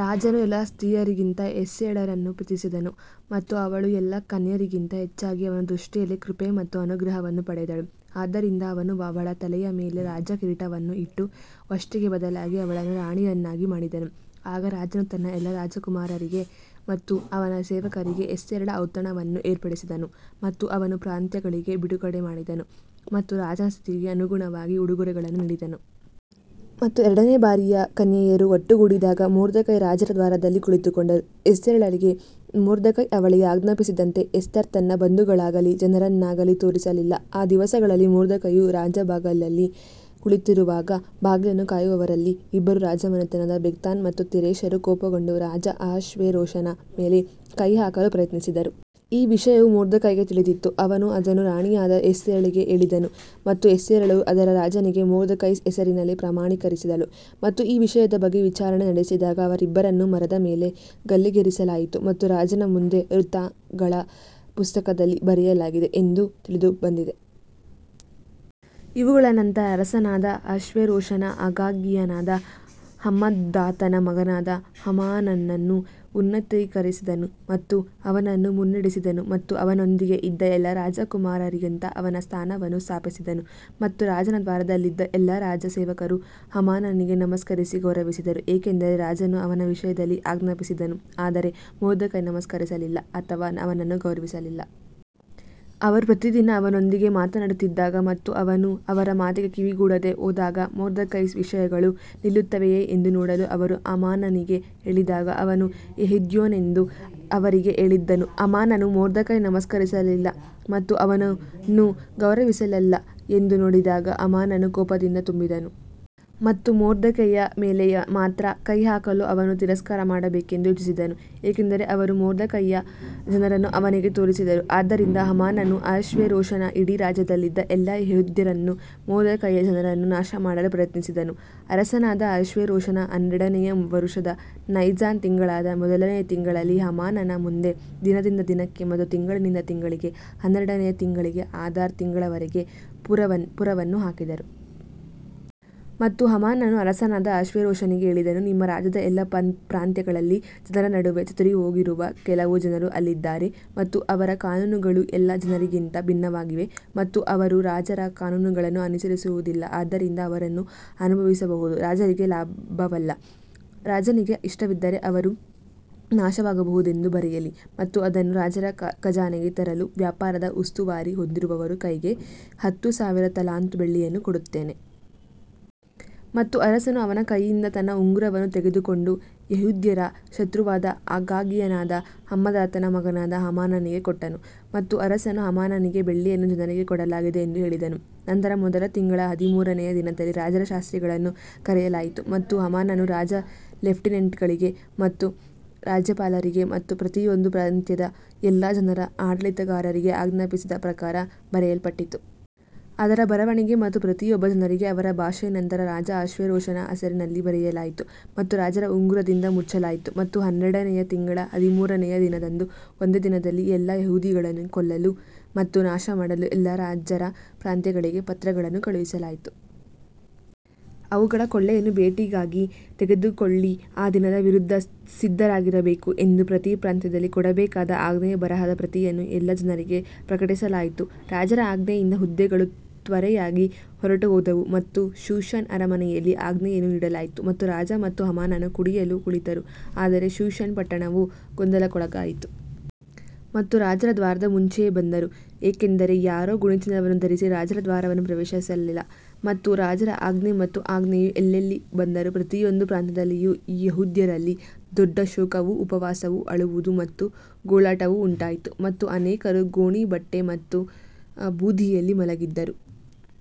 ರಾಜನು ಎಲ್ಲಾ ಸ್ತ್ರೀಯರಿಗಿಂತ ಎಸ್ತೇರಳನ್ನು ಪ್ರೀತಿಸಿದನು ಮತ್ತು ಅವಳು ಎಲ್ಲಾ ಕನ್ಯೆಯರಿಗಿಂತ ಹೆಚ್ಚಾಗಿ ಅವನ ದೃಷ್ಟಿಯಲ್ಲಿ ಕೃಪೆ ಮತ್ತು ಅನುಗ್ರಹವನ್ನು ಪಡೆದಳು, ಆದ್ದರಿಂದ ಅವನು ಅವಳ ತಲೆಯ ಮೇಲೆ ರಾಜಕಿರೀಟವನ್ನು ಇಟ್ಟು ವಷ್ಟಿಗೆ ಬದಲಾಗಿ ಅವಳನ್ನು ರಾಣಿಯನ್ನಾಗಿ ಮಾಡಿದನು. ಆಗ ರಾಜನು ತನ್ನ ಎಲ್ಲಾ ರಾಜಕುಮಾರರಿಗೆ ಮತ್ತು ಅವನ ಸೇವಕರಿಗೆ ಎಸ್ತೇರಳ ಔತಣವನ್ನು ಏರ್ಪಡಿಸಿದನು ಮತ್ತು ಅವನು ಪ್ರಾಂತ್ಯಗಳಿಗೆ ಬಿಡುಗಡೆ ಮಾಡಿದನು ಮತ್ತು ರಾಜನ ಸ್ಥಿತಿಗೆ ಅನುಗುಣವಾಗಿ ಉಡುಗೊರೆಗಳನ್ನು ನೀಡಿದನು. ಮತ್ತು ಎರಡನೇ ಬಾರಿಗೆ ಕನ್ಯೆಯರು ಒಟ್ಟುಗೂಡಿದಾಗ ಮೊರ್ದೆಕೈ ರಾಜರ ದ್ವಾರದಲ್ಲಿ ಕುಳಿತುಕೊಂಡರು. ಎಸ್ತೇರಳಿಗೆ ಮೊರ್ದೆಕೈ ಅವಳಿಗೆ ಆಜ್ಞಾಪಿಸಿದಂತೆ ಎಸ್ತರ್ ತನ್ನ ಬಂಧುಗಳಾಗಲಿ ಜನರನ್ನಾಗಲಿ ತೋರಿಸಲಿಲ್ಲ ಆ ದಿವಸಗಳಲ್ಲಿ ಮೊರ್ದೆಕೈಯು ರಾಜಬಾಗಿಲಲ್ಲಿ ಕುಳಿತಿರುವಾಗ ಬಾಗಿಲನ್ನು ಕಾಯುವವರಲ್ಲಿ ಇಬ್ಬರು ರಾಜಮನೆತನದ ಬಿಗ್ತಾನ್ ಮತ್ತು ತೆರೆಷರು ಕೋಪಗೊಂಡು ರಾಜ ಅಹಷ್ವೇರೋಷನ ಮೇಲೆ ಕೈ ಹಾಕಲು ಪ್ರಯತ್ನಿಸಿದರು. ಈ ವಿಷಯವು ಮೊರ್ದೆಕೈಗೆ ತಿಳಿದಿತ್ತು, ಅವನು ಅದನ್ನು ರಾಣಿಯಾದ ಎಸ್ತೇರಳಿಗೆ ಹೇಳಿದನು ಮತ್ತು ಎಸ್ತೇರಳು ಅದರ ರಾಜನಿಗೆ ಮೊರ್ದೆಕೈಸ್ ಹೆಸರಿನಲ್ಲಿ ಪ್ರಮಾಣೀಕರಿಸಿದಳು. ಮತ್ತು ಈ ವಿಷಯದ ಬಗ್ಗೆ ವಿಚಾರಣೆ ನಡೆಸಿದಾಗ, ಅವರಿಬ್ಬರನ್ನೂ ಮರದ ಮೇಲೆ ಗಲ್ಲಿಗೇರಿಸಲಾಯಿತು ಮತ್ತು ರಾಜನ ಮುಂದೆ ವೃತ್ತಾಂತಗಳ ಪುಸ್ತಕದಲ್ಲಿ ಬರೆಯಲಾಗಿದೆ ಎಂದು ತಿಳಿದುಬಂದಿದೆ. ಇವುಗಳ ನಂತರ ಅರಸನಾದ ಅಹಷ್ವೇರೋಷನು ಅಗಾಗೀಯನಾದ ಹಮ್ಮದಾತನ ಮಗನಾದ ಹಾಮಾನನನ್ನು ಉನ್ನತೀಕರಿಸಿದನು ಮತ್ತು ಅವನನ್ನು ಮುನ್ನಡೆಸಿದನು ಮತ್ತು ಅವನೊಂದಿಗೆ ಇದ್ದ ಎಲ್ಲಾ ರಾಜಕುಮಾರರಿಗಿಂತ ಅವನ ಸ್ಥಾನವನ್ನು ಸ್ಥಾಪಿಸಿದನು. ಮತ್ತು ರಾಜನ ದ್ವಾರದಲ್ಲಿದ್ದ ಎಲ್ಲಾ ರಾಜ ಸೇವಕರು ಹಾಮಾನನಿಗೆ ನಮಸ್ಕರಿಸಿ ಗೌರವಿಸಿದರು, ಏಕೆಂದರೆ ರಾಜನು ಅವನ ವಿಷಯದಲ್ಲಿ ಆಜ್ಞಾಪಿಸಿದನು ಆದರೆ ಮೊರ್ದೆಕೈ ನಮಸ್ಕರಿಸಲಿಲ್ಲ ಅಥವಾ ಅವನನ್ನು ಗೌರವಿಸಲಿಲ್ಲ. ಅವರು ಪ್ರತಿದಿನ ಅವನೊಂದಿಗೆ ಮಾತನಾಡುತ್ತಿದ್ದಾಗ ಮತ್ತು ಅವನು ಅವರ ಮಾತಿಗೆ ಕಿವಿಗೊಡದೆ ಹೋದಾಗ ಮೊರ್ದೆಕೈಸ್ ವಿಷಯಗಳು ನಿಲ್ಲುತ್ತವೆಯೇ ಎಂದು ನೋಡಲು ಅವರು ಹಾಮಾನನಿಗೆ ಹೇಳಿದಾಗ ಅವನು ಯೆಹೂದ್ಯನೆಂದು ಅವರಿಗೆ ಹೇಳಿದ್ದನು. ಹಾಮಾನನು ಮೊರ್ದೆಕೈ ನಮಸ್ಕರಿಸಲಿಲ್ಲ ಮತ್ತು ಅವನನ್ನು ಗೌರವಿಸಲಿಲ್ಲ ಎಂದು ನೋಡಿದಾಗ ಹಾಮಾನನು ಕೋಪದಿಂದ ತುಂಬಿದನು. ಮತ್ತು ಮೊರ್ದೆಕೈಯ ಮೇಲೆ ಮಾತ್ರ ಕೈ ಹಾಕಲು ಅವನು ತಿರಸ್ಕಾರ ಮಾಡಬೇಕೆಂದು ಯೋಚಿಸಿದನು, ಏಕೆಂದರೆ ಅವರು ಮೊರ್ದೆಕೈಯ ಜನರನ್ನು ಅವನಿಗೆ ತೋರಿಸಿದರು, ಆದ್ದರಿಂದ ಹಾಮಾನನು ಅಹಷ್ವೇರೋಷನ ಇಡೀ ರಾಜ್ಯದಲ್ಲಿದ್ದ ಎಲ್ಲಾ ಯೆಹೂದ್ಯರನ್ನು ಮೊರ್ದೆಕೈಯ ಜನರನ್ನು ನಾಶಮಾಡಲು ಪ್ರಯತ್ನಿಸಿದನು. ಅರಸನಾದ ಅಹಷ್ವೇರೋಷನ ಹನ್ನೆರಡನೆಯ ವರುಷದ ನೈಸಾನ್ ತಿಂಗಳಾದ ಮೊದಲನೆಯ ತಿಂಗಳಲ್ಲಿ ಹಾಮಾನನ ಮುಂದೆ ದಿನದಿಂದ ದಿನಕ್ಕೆ ಮತ್ತು ತಿಂಗಳಿನಿಂದ ತಿಂಗಳಿಗೆ ಹನ್ನೆರಡನೆಯ ತಿಂಗಳಿಗೆ ಅದಾರ್ ತಿಂಗಳವರೆಗೆ ಪುರವನ್ನು ಹಾಕಿದರು. ಮತ್ತು ಹಾಮಾನನು ಅರಸನಾದ ಅಹಷ್ವೇರೋಷನಿಗೆ ಹೇಳಿದನು, ನಿಮ್ಮ ರಾಜ್ಯದ ಎಲ್ಲಾ ಪ್ರಾಂತ್ಯಗಳಲ್ಲಿ ಜನರ ನಡುವೆ ಚದುರಿಹೋಗಿರುವ ಕೆಲವು ಜನರು ಅಲ್ಲಿದ್ದಾರೆ ಮತ್ತು ಅವರ ಕಾನೂನುಗಳು ಎಲ್ಲಾ ಜನರಿಗಿಂತ ಭಿನ್ನವಾಗಿವೆ ಮತ್ತು ಅವರು ರಾಜರ ಕಾನೂನುಗಳನ್ನು ಅನುಸರಿಸುವುದಿಲ್ಲ ಆದ್ದರಿಂದ ಅವರನ್ನು ಅನುಭವಿಸುವುದು ರಾಜರಿಗೆ ಲಾಭವಲ್ಲ. ರಾಜನಿಗೆ ಇಷ್ಟವಿದ್ದರೆ ಅವರು ನಾಶವಾಗಬಹುದೆಂದು ಬರೆಯಲಿ ಮತ್ತು ಅದನ್ನು ರಾಜರ ಖಜಾನೆಗೆ ತರಲು ವ್ಯಾಪಾರದ ಉಸ್ತುವಾರಿ ಹೊಂದಿರುವವರ ಕೈಗೆ ಹತ್ತು ಸಾವಿರ ತಲಾಂತು ಬೆಳ್ಳಿಯನ್ನು ಕೊಡುತ್ತೇನೆ. ಮತ್ತು ಅರಸನು ಅವನ ಕೈಯಿಂದ ತನ್ನ ಉಂಗುರವನ್ನು ತೆಗೆದುಕೊಂಡು ಯೆಹೂದ್ಯರ ಶತ್ರುವಾದ ಅಗಾಗೀಯನಾದ ಹಮ್ಮದಾತನ ಮಗನಾದ ಹಾಮಾನನಿಗೆ ಕೊಟ್ಟನು. ಮತ್ತು ಅರಸನು ಹಾಮಾನನಿಗೆ ಬೆಳ್ಳಿಯನ್ನು ಜನರಿಗೆ ಕೊಡಲಾಗಿದೆ ಎಂದು ಹೇಳಿದನು. ನಂತರ ಮೊದಲ ತಿಂಗಳ ಹದಿಮೂರನೆಯ ದಿನದಲ್ಲಿ ರಾಜರ ಶಾಸ್ತ್ರಿಗಳನ್ನು ಕರೆಯಲಾಯಿತು ಮತ್ತು ಹಾಮಾನನು ರಾಜ ಲೆಫ್ಟಿನೆಂಟ್ಗಳಿಗೆ ಮತ್ತು ರಾಜ್ಯಪಾಲರಿಗೆ ಮತ್ತು ಪ್ರತಿಯೊಂದು ಪ್ರಾಂತ್ಯದ ಎಲ್ಲಾ ಜನರ ಆಡಳಿತಗಾರರಿಗೆ ಆಜ್ಞಾಪಿಸಿದ ಪ್ರಕಾರ ಬರೆಯಲ್ಪಟ್ಟಿತು. ಅದರ ಬರವಣಿಗೆ ಮತ್ತು ಪ್ರತಿಯೊಬ್ಬ ಜನರಿಗೆ ಅವರ ಭಾಷೆಯ ನಂತರ ರಾಜ ಅಹಷ್ವೇರೋಷನ ಹೆಸರಿನಲ್ಲಿ ಬರೆಯಲಾಯಿತು ಮತ್ತು ರಾಜರ ಉಂಗುರದಿಂದ ಮುಚ್ಚಲಾಯಿತು ಮತ್ತು ಹನ್ನೆರಡನೆಯ ತಿಂಗಳ ಹದಿಮೂರನೆಯ ದಿನದಂದು ಒಂದೇ ದಿನದಲ್ಲಿ ಎಲ್ಲಾ ಯಹೂದಿಗಳನ್ನು ಕೊಲ್ಲಲು ಮತ್ತು ನಾಶಮಾಡಲು ಎಲ್ಲಾ ರಾಜರ ಪ್ರಾಂತ್ಯಗಳಿಗೆ ಪತ್ರಗಳನ್ನು ಕಳುಹಿಸಲಾಯಿತು. ಅವುಗಳ ಕೊಳ್ಳೆಯನ್ನು ಬೇಟೆಗಾಗಿ ತೆಗೆದುಕೊಳ್ಳಿ ಆ ದಿನದ ವಿರುದ್ಧ ಸಿದ್ಧರಾಗಿರಬೇಕು ಎಂದು ಪ್ರತಿ ಪ್ರಾಂತ್ಯದಲ್ಲಿ ಕೊಡಬೇಕಾದ ಆಜ್ಞೆಯ ಬರಹದ ಪ್ರತಿಯನ್ನು ಎಲ್ಲಾ ಜನರಿಗೆ ಪ್ರಕಟಿಸಲಾಯಿತು. ರಾಜರ ಆಜ್ಞೆಯಿಂದ ಹುದ್ದೆಗಳು ತ್ವರೆಯಾಗಿ ಹೊರಟುಹೋದವು ಮತ್ತು ಶೂಷನ್ ಅರಮನೆಯಲ್ಲಿ ಆಜ್ಞೆಯನ್ನು ನೀಡಲಾಯಿತು ಮತ್ತು ರಾಜ ಮತ್ತು ಹಾಮಾನನು ಕುಡಿಯಲು ಕುಳಿತರು ಆದರೆ ಶೂಷನ್ ಪಟ್ಟಣವು ಗೊಂದಲಕ್ಕೊಳಗಾಯಿತು. ಮತ್ತು ರಾಜರ ದ್ವಾರದ ಮುಂಚೆಯೇ ಬಂದರು, ಏಕೆಂದರೆ ಯಾರೂ ಗೋಣಿಚೀಲವನ್ನು ಧರಿಸಿ ರಾಜರ ದ್ವಾರವನ್ನು ಪ್ರವೇಶಿಸಲಿಲ್ಲ. ಮತ್ತು ರಾಜರ ಆಜ್ಞೆ ಮತ್ತು ಆಜ್ಞೆಯು ಎಲ್ಲೆಲ್ಲಿ ಬಂದರೂ ಪ್ರತಿಯೊಂದು ಪ್ರಾಂತ್ಯದಲ್ಲಿಯೂ ಯೆಹೂದ್ಯರಲ್ಲಿ ದೊಡ್ಡ ಶೋಕವೂ ಉಪವಾಸವೂ ಅಳುವುದು ಮತ್ತು ಗೋಳಾಟವೂ ಉಂಟಾಯಿತು ಮತ್ತು ಅನೇಕರು ಗೋಣೀ ಬಟ್ಟೆ ಮತ್ತು ಬೂದಿಯಲ್ಲಿ ಮಲಗಿದ್ದರು.